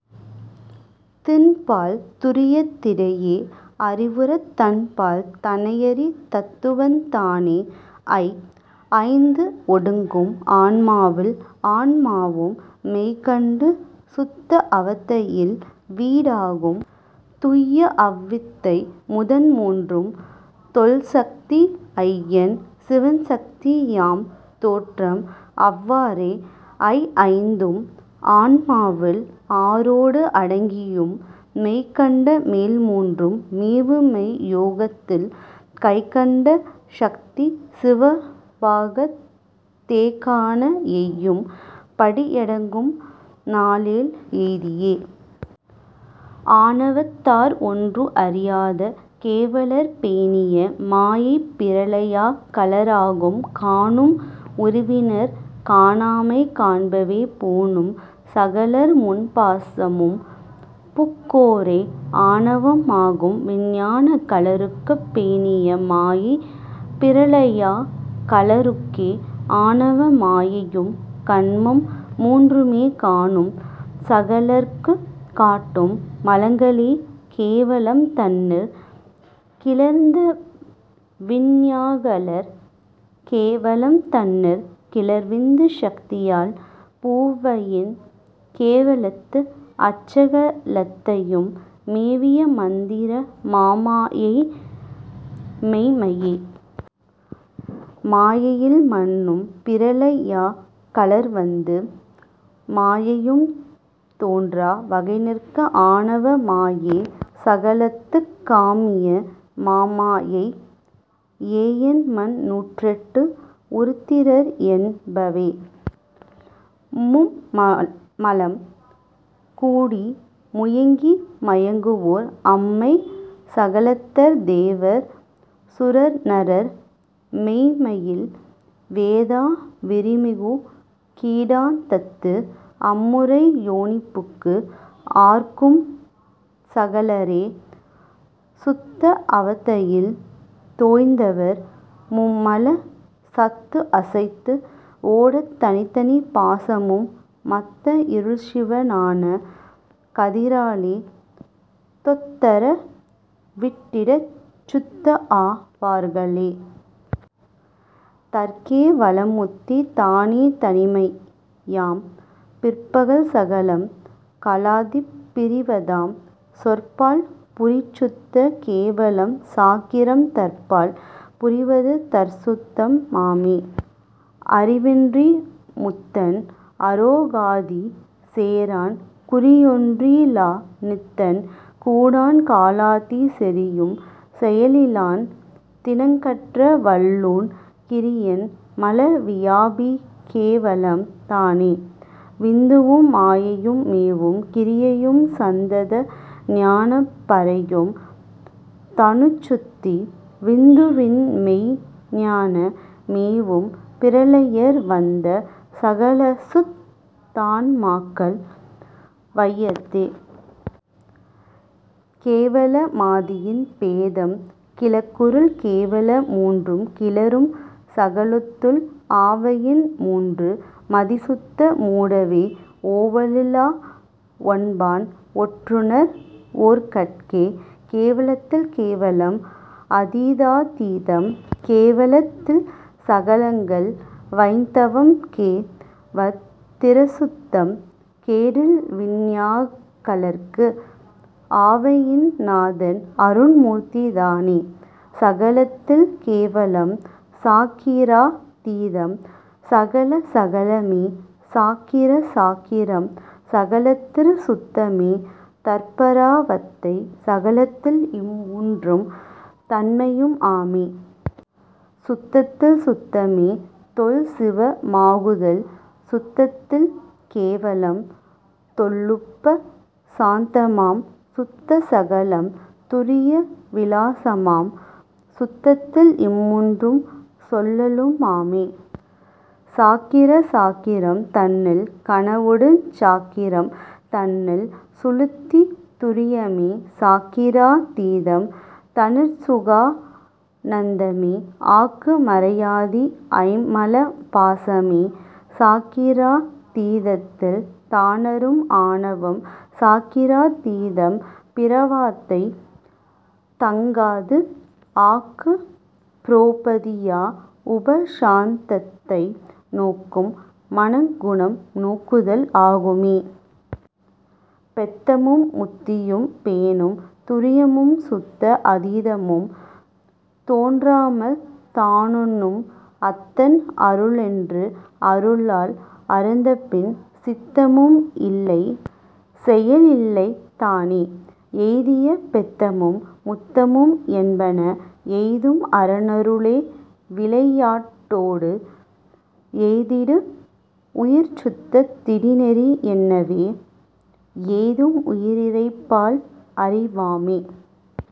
தின்பால் துரியத் திடையே அறிவுறத் தன்பால் தனையறி தத்துவந் தானே. ஐ ஐந்து ஒடுங்கும் ஆன்மாவில் ஆன்மாவும் மெய்கண்டு சுத்த அவத்தையில் வீடாகும் துய்யஅவ் வித்தை முதன்மூன்றும் தொல்சத்தி ஐயன் சிவன்சத்தி யாம்தோற்றம் அவ்வாறே. ஐஐந்தும் ஆன்மாவில் ஆறோடு அடங்கியும் மெய்கண்ட மேல்மூன்றும் மேவுமெய் யோகத்தில் கைகண்ட சத்தி சிவபாகத் தேகாண எய்யும் படியடங்கும் நாலேழ் எய்தியே. ஆணவத் தார்ஒன்று அறியாத கேவலர் பேணிய மாயைப் பிரளயா கலராகும் காணும் உருவினர் காணாமை காண்பவே பூணும் சகலர்முப் பாசமும் புக்கோரே. ஆணவம் ஆகும் விஞ்ஞான கலருக்குப் பேணிய மாயை பிரளயா கலருக்கே ஆணவ மாயையும் கன்மம் மூன்றுமே காணும் சகலர்க்குக் காட்டும் மலங்களே கேவலம் தன்னில் கிளர்ந்தவிஞ் ஞாகலர் கேவலம் தன்னில் கிளர்விந்து சத்தியால் பூவயின் கேவலத்து அச்சக லத்தையும் மேவிய மந்திர மாமாயை மெய்ம்மையே. மாயையில் மன்னும் பிரளயா கலர்வந்து மாயையும் தோன்றா வகைநிற்க ஆணவ மாய சகலத்துக் காமிய மாமாயை ஏயமன் நூற்றெட்டு உருத்திரர் என்பவே. மும்மலம் கூடி முயங்கி மயங்குவோர் அம்மெய்ச் சகலத்தர் தேவர் சுரர்நரர் மெய்ம்மையில் வேதா விரிமிகு கீடாந்தத்து அம்முறை யோனிபுக்கு ஆர்க்கும் சகலரே. சுத்த அவத்தையில் தோய்ந்தவர் மும்மலச் சத்துஅசத்து ஓடத் தனித்தனி பாசமும் மத்த இருள்சிவ னான கதிராலே தொத்தற விட்டிடச் சுத்தஆ வார்களே. தற்கே வலம்முத்தி தானே தனிமையாம் பிற்பால் சகலம் கலாதிப் பிறிவதாம் சொற்பால் புரிசுத்த கேவலம் சாக்கிரம் தற்பால் புரிவது தற்சுத்தம் ஆமே. அறிவின்றி முத்தன் அராகாதி சேரான் குறியொன்றி லாநித்தன் கூடான் காலதி செறியும் செயலிலான் தினங்கற்ற வல்லோன் கிறியன் மலவியாபி கேவலம் தானே. விந்துவும் மாயையும் மேவும் கிரியையும் சந்தத ஞான பரையும் தனுச்சுத்தி விந்துவின் மெய்ஞ்ஞான மேவும் பிரளயர் வந்த சகலசுத் தான்மாக்கள் வையத்தே. கேவல மாதியின் பேதம் கிளக்குறில் கேவல மூன்றும் கிளரும் சகலத்துள் ஆவயின் மூன்று மதிசுத்த மூடவே ஓவலில் லாஒன்பான் ஒற்றுணர் வோர்கட்கே. கேவலத்தில் கேவலம் அதீதா தீதம் கேவலத் தில்சகலங்கள் வயிந்தவம் கேவத் திறசுத்தம் கேடில்விஞ் ஞாகலர்க்கு ஆவயின் நாதன் அருண்மூர்த்தி தானே. சகலத்தில் கேவலம் சாக்கிரா தீதம் சகல சகலமே சாக்கிர சாக்கிரம் சகலத்திற் சுத்தமே தற்பரா வத்தை சகலத்தில் இம்மூன்று தன்மையும் ஆமே. சுத்தத்தில் சுத்தமே தொல்சிவ மாகுதல் சுத்தத்தில் கேவலம் தொல்லுப சாந்தமாம் சுத்த சகலம் துரிய விலாசமாம் சுத்தத்தில் இம்மூன்றும் சொல்லலும் ஆமே. சாக்கிர சாக்கிரம் தன்னில் கனவொடுஞ் சாக்கிரம் தன்னில் சுழுத்தி துரியமே சாக்கிரா தீதம் தனிற்சுகா னந்தமே ஆக்கு மறையாதி ஐம்மல பாசமே. சாக்கிரா தீதத்தில் தானறும் ஆணவம் சாக்கிரா தீதம் பிராவத்தை தங்காது ஆக்கு பரோபதி யாஉப சாந்தத்தை நோக்கும் மலங்குணம் நோக்குதல் ஆகுமே. பெத்தமும் முத்தியும் பேணும் துரியமும் சுத்த அதீதமும் தோன்றாமல் தானுணும் அத்தன் அருள்என்று அருளால் அறிந்தபின் சித்தமும் இல்லை செயல்இல்லை தானே. எய்திய பெத்தமும் முத்தமும் என்பன எய்தும் அரன்அரு ளேவிளை யாட்டோ டு எய்திடு உயிர்சுத்தத் திடுநெறி என்னவே எய்தும் உயிர்இறை பால்அறி வாமே.